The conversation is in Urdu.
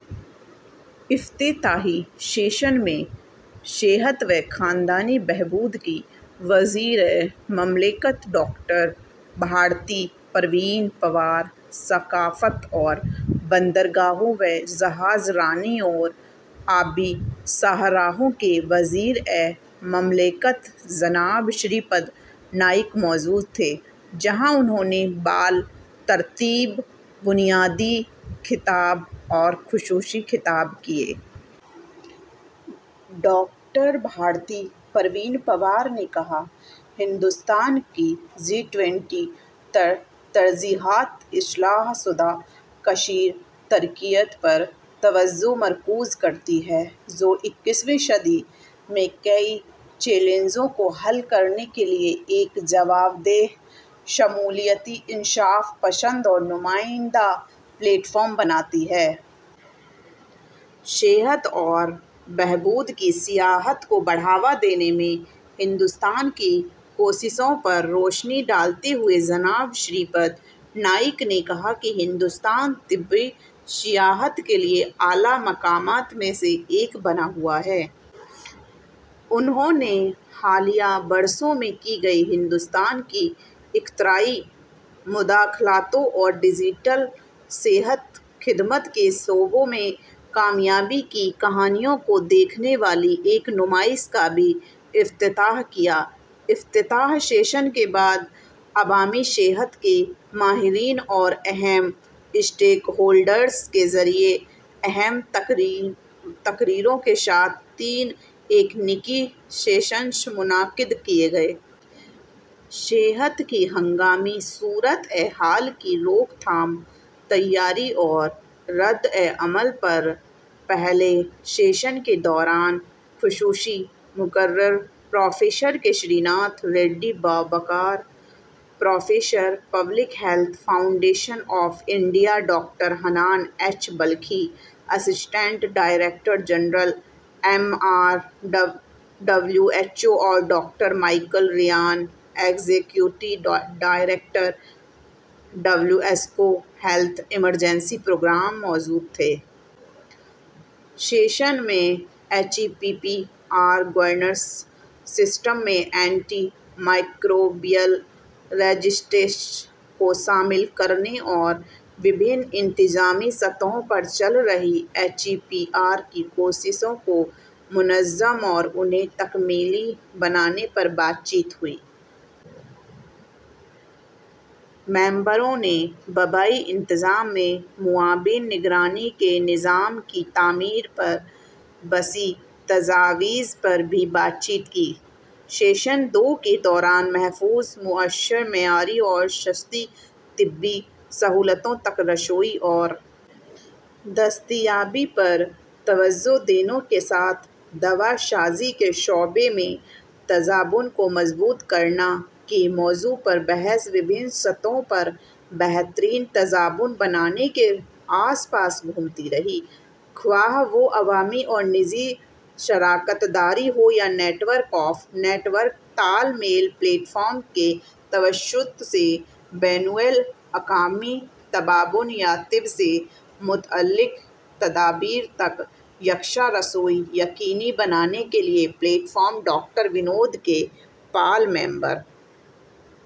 افتتاحی سیشن میں صحت و خاندانی بہبود کی وزیر مملکت ڈاکٹر بھارتی پروین پوار، ثقافت اور بندرگاہوں و جہاز رانی اور آبی شاہراہوں کے وزیر مملکت جناب شری پد نائک موجود تھے، جہاں انہوں نے بالترتیب بنیادی خطاب اور خصوصی خطاب کیے۔ ڈاکٹر بھارتی پروین پوار نے کہا، "ہندوستان کی جی ٹوئنٹی ترجیحات اصلاح شدہ کثیر فریقیت پر توجہ مرکوز کرتی ہیں، جو اکیسویں صدی میں کئی چیلنجوں کو حل کرنے کے لیے ایک جواب دہ، شمولیتی، انصاف پسند اور نمائندہ پلیٹ فارم بناتی ہیں۔" صحت اور بہبود کی سیاحت کو بڑھاوا دینے میں ہندوستان کی کوششوں پر روشنی ڈالتے ہوئے جناب شری پد نائک نے کہا کہ ہندوستان طبی سیاحت کے لیے اعلیٰ مقامات میں سے ایک بنا ہوا ہے۔ انہوں نے حالیہ برسوں میں کی گئی ہندوستان کی اختراعی مداخلتوں اور ڈیجیٹل صحت خدمات کے شعبے میں کامیابی کی کہانیوں کو دکھانے والی ایک نمائش کا بھی افتتاح کیا۔ افتتاحی سیشن کے بعد عوامی صحت کے ماہرین اور اہم اسٹیک ہولڈرز کے ذریعے اہم تقریروں کے ساتھ تین تکنیکی سیشن منعقد کیے گئے۔ "صحت کی ہنگامی صورتحال کی روک تھام، تیاری اور ردعمل" پر پہلے سیشن کے دوران خصوصی مقرر professor K Srinath Reddy, باوقار professor, public health foundation of India, doctor Hanan H Balkhy, assistant director general A M R, W H O, اور doctor Michael Ryan, executive director, W H O health emergencies programme, موجود تھے۔ سیشن میں H E P P R governance system میں اینٹی مائیکروبیئل ریزسٹنس کو شامل کرنے اور مختلف انتظامی سطحوں پر چل رہی H E P P R کی کوششوں کو منظم اور انہیں تکمیلی بنانے پر بات چیت ہوئی۔ ممبروں نے وبائی انتظام میں معاون نگرانی کے نظام کی تعمیر پر وسیع تجاویز پر بھی بات چیت کی۔ سیشن دو کے دوران "محفوظ، مؤثر، معیاری اور سستی طبی سہولتوں تک رسائی اور دستیابی پر توجہ دینے کے ساتھ دوا سازی کے شعبے میں تعاون کو مضبوط کرنا" کے موضوع پر بحث مختلف سطحوں پر بہتر تعاون بنانے کے آس پاس گھومتی رہی، خواہ وہ عوامی اور نجی شراکت داری ہو یا network of network تال میل پلیٹ فارم کے توسط سے بین الاقوامی تعاون، یا طب سے متعلق تدابیر تک یکساں رسائی یقینی بنانے کے لیے platform. Doctor Vinod K Paul, ممبر